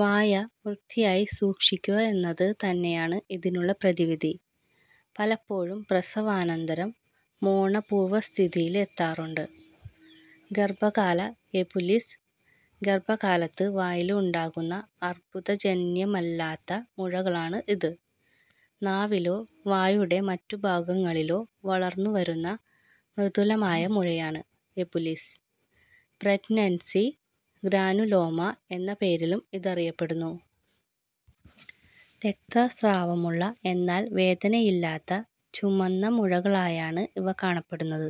വായ വൃത്തിയായി സൂക്ഷിക്കുക എന്നത് തന്നെയാണ് ഇതിനുള്ള പ്രതിവിധി. പലപ്പോഴും പ്രസവാനന്തരം മോണ പൂര്വ്വസ്ഥിതിയില് എത്താറുണ്ട്. ഗര്ഭകാല എപുലിസ് ഗര്ഭകാലത്ത് വായില് ഉണ്ടാകുന്ന അര്ബുദജന്യമല്ലാത്ത മുഴകളാണ് ഇത്. നാവിലോ വായുടെ മറ്റു ഭാഗങ്ങളിലോ വളര്ന്നുവരുന്ന മൃദുലമായ മുഴയാണ് എപുലിസ്. പ്രഗ്നന്സി ഗ്രാനുലോമ എന്ന പേരിലും ഇതറിയപ്പെടുന്നു. രക്തസ്രാവമുള്ള, എന്നാല് വേദനയില്ലാത്ത ചുമന്ന മുഴകളായാണ് ഇവ കാണപ്പെടുന്നത്.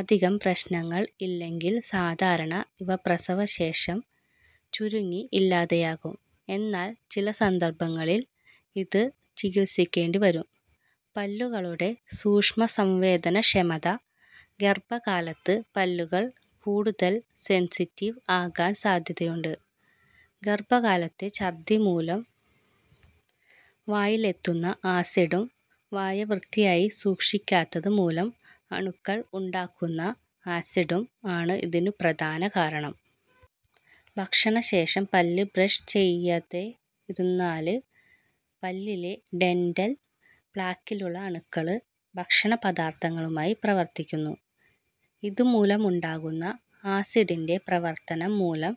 അധികം പ്രശ്നങ്ങള് ഇല്ലെങ്കില് സാധാരണ ഇവ പ്രസവശേഷം ചുരുങ്ങി ഇല്ലാതെയാകും. എന്നാല് ചില സന്ദര്ഭങ്ങളില് ഇത് ചികിത്സിക്കേണ്ടി വരും. പല്ലുകളുടെ സൂക്ഷ്മസംവേദനക്ഷമത ഗര്ഭകാലത്ത് പല്ലുകള് കൂടുതല് സെന്സിറ്റീവ് ആകാന് സാധ്യതയുണ്ട്. ഗര്ഭകാലത്തെ ചര്ദ്ദി മൂലം വായിലെത്തുന്ന ആസിഡും വായ വൃത്തിയായി സൂക്ഷിക്കാത്തത് മൂലം അണുക്കള് ഉണ്ടാക്കുന്ന ആസിഡും ആണ് ഇതിനു പ്രധാന കാരണം. ഭക്ഷണശേഷം പല്ല് ബ്രഷ് ചെയ്യതെയിരുന്നാല് പല്ലിലെ ഡെന്റല് പ്ലാക്കിലുള്ള അണുക്കള് ഭക്ഷണപദാര്ഥങ്ങളുമായി പ്രവര്ത്തിക്കുന്നു. ഇതുമൂലമുണ്ടാകുന്ന ആസിഡിന്റെ പ്രവര്ത്തനം മൂലം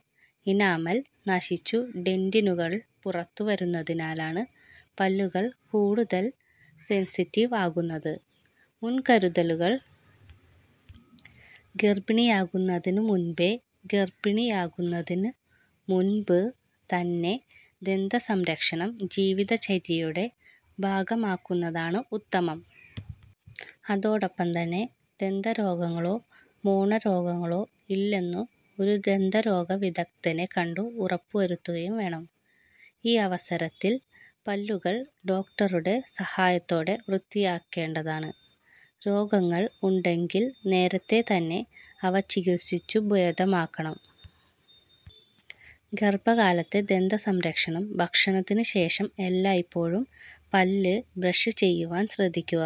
ഇനാമല് നശിച്ചു ഡെന്റിനുകള് പുറത്തു വരുന്നതിനാലാണ് പല്ലുകള് കൂടുതല് സെന്സിറ്റീവ് ആകുന്നത്. മുന്കരുതലുകള് ഗര്ഭിണിയാകുന്നതിനു മുന്പേ ഗര്ഭിണിയാകുന്നതിനു മുന്പ് തന്നെ ദന്ത സംരക്ഷണം ജീവിതചര്യയുടെ ഭാഗമാക്കുന്നതാണ് ഉത്തമം. അതോടൊപ്പം തന്നെ, ദന്ത രോഗങ്ങളോ മോണരോഗങ്ങളോ ഇല്ലെന്നു ഒരു ദന്തരോഗ വിദഗ്ധനെ കണ്ടു ഉറപ്പു വരുത്തുകയും വേണം. ഈ അവസരത്തില് പല്ലുകള് ഡോക്ടറുടെ സഹായത്തോടെ വൃത്തിയാക്കേണ്ടതാണ്. രോഗങ്ങള് ഉണ്ടെങ്കില് നേരത്തെ തന്നെ അവ ചികിത്സിച്ചു ഭേദമാക്കണം. ഗര്ഭകാലത്തെ ദന്ത സംരക്ഷണം ഭക്ഷണത്തിന് ശേഷം എല്ലായ്പ്പോഴും പല്ല് ബ്രഷ് ചെയ്യുവാന് ശ്രദ്ധിക്കുക.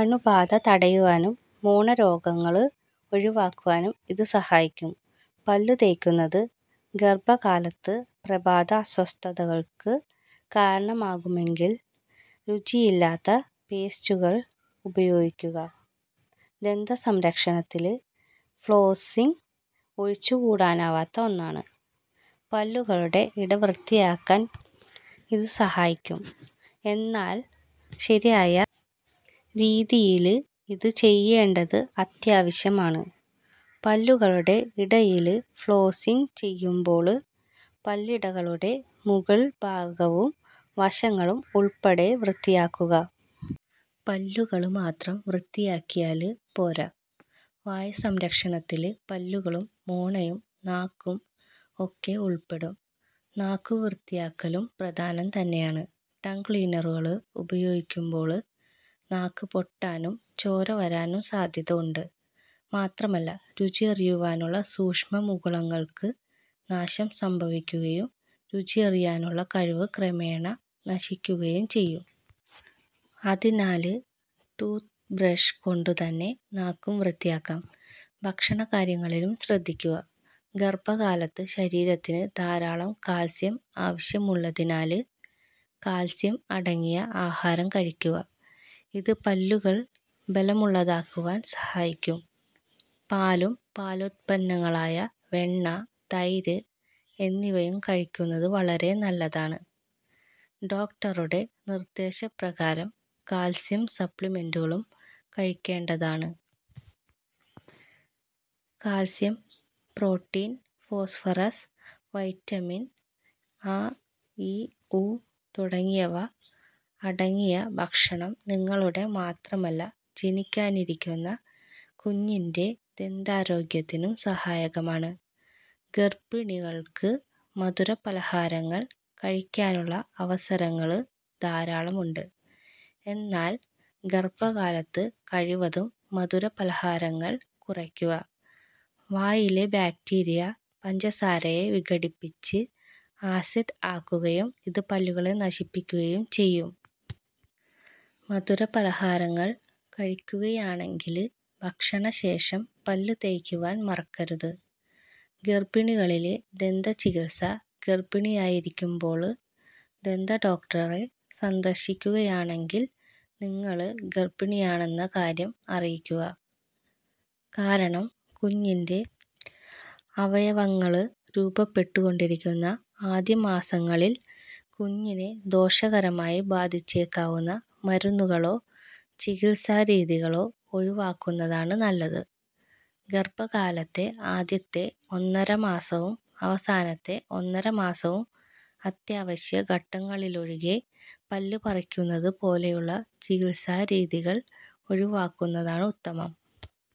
അണുബാധ തടയുവാനും മോണരോഗങ്ങള് ഒഴിവാക്കുവാനും ഇത് സഹായിക്കും. പല്ലുതേയ്ക്കുന്നത് ഗര്ഭകാലത്ത് പ്രഭാത അസ്വസ്ഥതകള്ക്ക് കാരണമാകുമെങ്കില് രുചിയില്ലാത്ത പേസ്റ്റുകള് ഉപയോഗിക്കുക. ദന്ത സംരക്ഷണത്തില് ഫ്ലോസ്സിങ് ഒഴിച്ചുകൂടാനാവാത്ത ഒന്നാണ്. പല്ലുകളുടെ ഇട വൃത്തായാക്കാന് ഇത് സഹായിക്കും. എന്നാല് ശരിയായ രീതിയില് ഇത് ചെയ്യേണ്ടത് അത്യാവശ്യമാണ്. പല്ലുകളുടെ ഇടയില് ഫ്ലോസ്സിങ് ചെയ്യുമ്പോള് പല്ലിടകളുടെ മുകള് ഭാഗവും വശങ്ങളും ഉള്പ്പടെ വൃത്തിയാക്കുക. പല്ലുകള് മാത്രം വൃത്തിയാക്കിയാല് പോര. വായ സംരക്ഷണത്തില് പല്ലുകളും, മോണയും, നാക്കും ഒക്കെ ഉള്പ്പെടും. നാക്കു വൃത്തിയാക്കലും പ്രധാനം തന്നെയാണ്. ടങ് ക്ലീനറുകള് ഉപയോഗിക്കുമ്പോള് നാക്ക് പൊട്ടാനും ചോര വരാനും സാധ്യത ഉണ്ട്. മാത്രമല്ല രുചിയറിയുവാനുള്ള സൂക്ഷ്മ മുകളങ്ങള്ക്ക് നാശം സംഭവിക്കുകയും രുചിയറിയാനുള്ള കഴിവ് ക്രമേണ നശിക്കുകയും ചെയ്യും. അതിനാല് ടൂത്ത് ബ്രഷ് കൊണ്ടു തന്നെ നാക്കും വൃത്തിയാക്കാം. ഭക്ഷണകാര്യങ്ങളിലും ശ്രദ്ധിക്കുക. ഗര്ഭ കാലത്ത് ശരീരത്തിന് ധാരാളം കാത്സ്യം ആവശ്യമുള്ളതിനാല് കാത്സ്യം അടങ്ങിയ ആഹാരം കഴിക്കുക. ഇത് പല്ലുകള് ബലമുള്ളതാക്കുവാന് സഹായിക്കും. പാലും പാലുത്പന്നങ്ങളായ വെണ്ണ, തൈര് എന്നിവയും കഴിക്കുന്നത് വളരെ നല്ലതാണ്. ഡോക്ടറുടെ നിര്ദേശ പ്രകാരം കാത്സ്യം സപ്ലിമെന്റുകളും കഴിക്കേണ്ടതാണ്. Calcium, protein, phosphorus, vitamin A, E, ഉ തുടങ്ങിയവ അടങ്ങിയ ഭക്ഷണം നിങ്ങളുടെ മാത്രമല്ല ജനിക്കാനിരിക്കുന്ന കുഞ്ഞിന്റെ ദന്താരോഗ്യത്തിനും സഹായകമാണ്. ഗര്ഭിണികള്ക്ക് മധുര പലഹാരങ്ങള് കഴിക്കാനുള്ള അവസരങ്ങള് ധാരാളമുണ്ട്. എന്നാല്, ഗര്ഭ കാലത്ത് കഴിവതും മധുര പലഹാരങ്ങള് കുറയ്ക്കുക. വായിലെ ബാക്ടീരിയ പഞ്ചസാരയെ വിഘടിപ്പിപ്പിച്ച് ആസിഡ് ആക്കുകയും ഇത് പല്ലുകളെ നശിപ്പിക്കുകയും ചെയ്യും. മധുര പലഹാരങ്ങള് കഴിക്കുകയാണെങ്കില് ഭക്ഷണശേഷം പല്ല് തേയ്ക്കുവാന് മറക്കരുത്. ഗര്ഭിണികളിലെ ദന്ത ചികിത്സ ഗര്ഭിണിയായിരിക്കുമ്പോള് ദന്തഡോക്ടറെ സന്ദര്ശിക്കുകയാണെങ്കില് നിങ്ങള് ഗര്ഭിണിയാണെന്ന കാര്യം അറിയിക്കുക. കാരണം കുഞ്ഞിന്റെ അവയവങ്ങള് രൂപപ്പെട്ടുകൊണ്ടിരിക്കുന്ന ആദ്യ മാസങ്ങളില് കുഞ്ഞിനെ ദോഷകരമായി ബാധിച്ചേക്കാവുന്ന മരുന്നുകളോ ചികിത്സാരീതികളോ ഒഴിവാക്കുന്നതാണ് നല്ലത്. ഗര്ഭകാലത്തെ ആദ്യത്തെ ഒന്നര മാസവും അവസാനത്തെ ഒന്നര മാസവും അത്യാവശ്യ ഘട്ടങ്ങളിലൊഴികെ പല്ല് പറിക്കുന്നത് പോലെയുള്ള ചികിത്സാരീതികള് ഒഴിവാക്കുന്നതാണ് ഉത്തമം.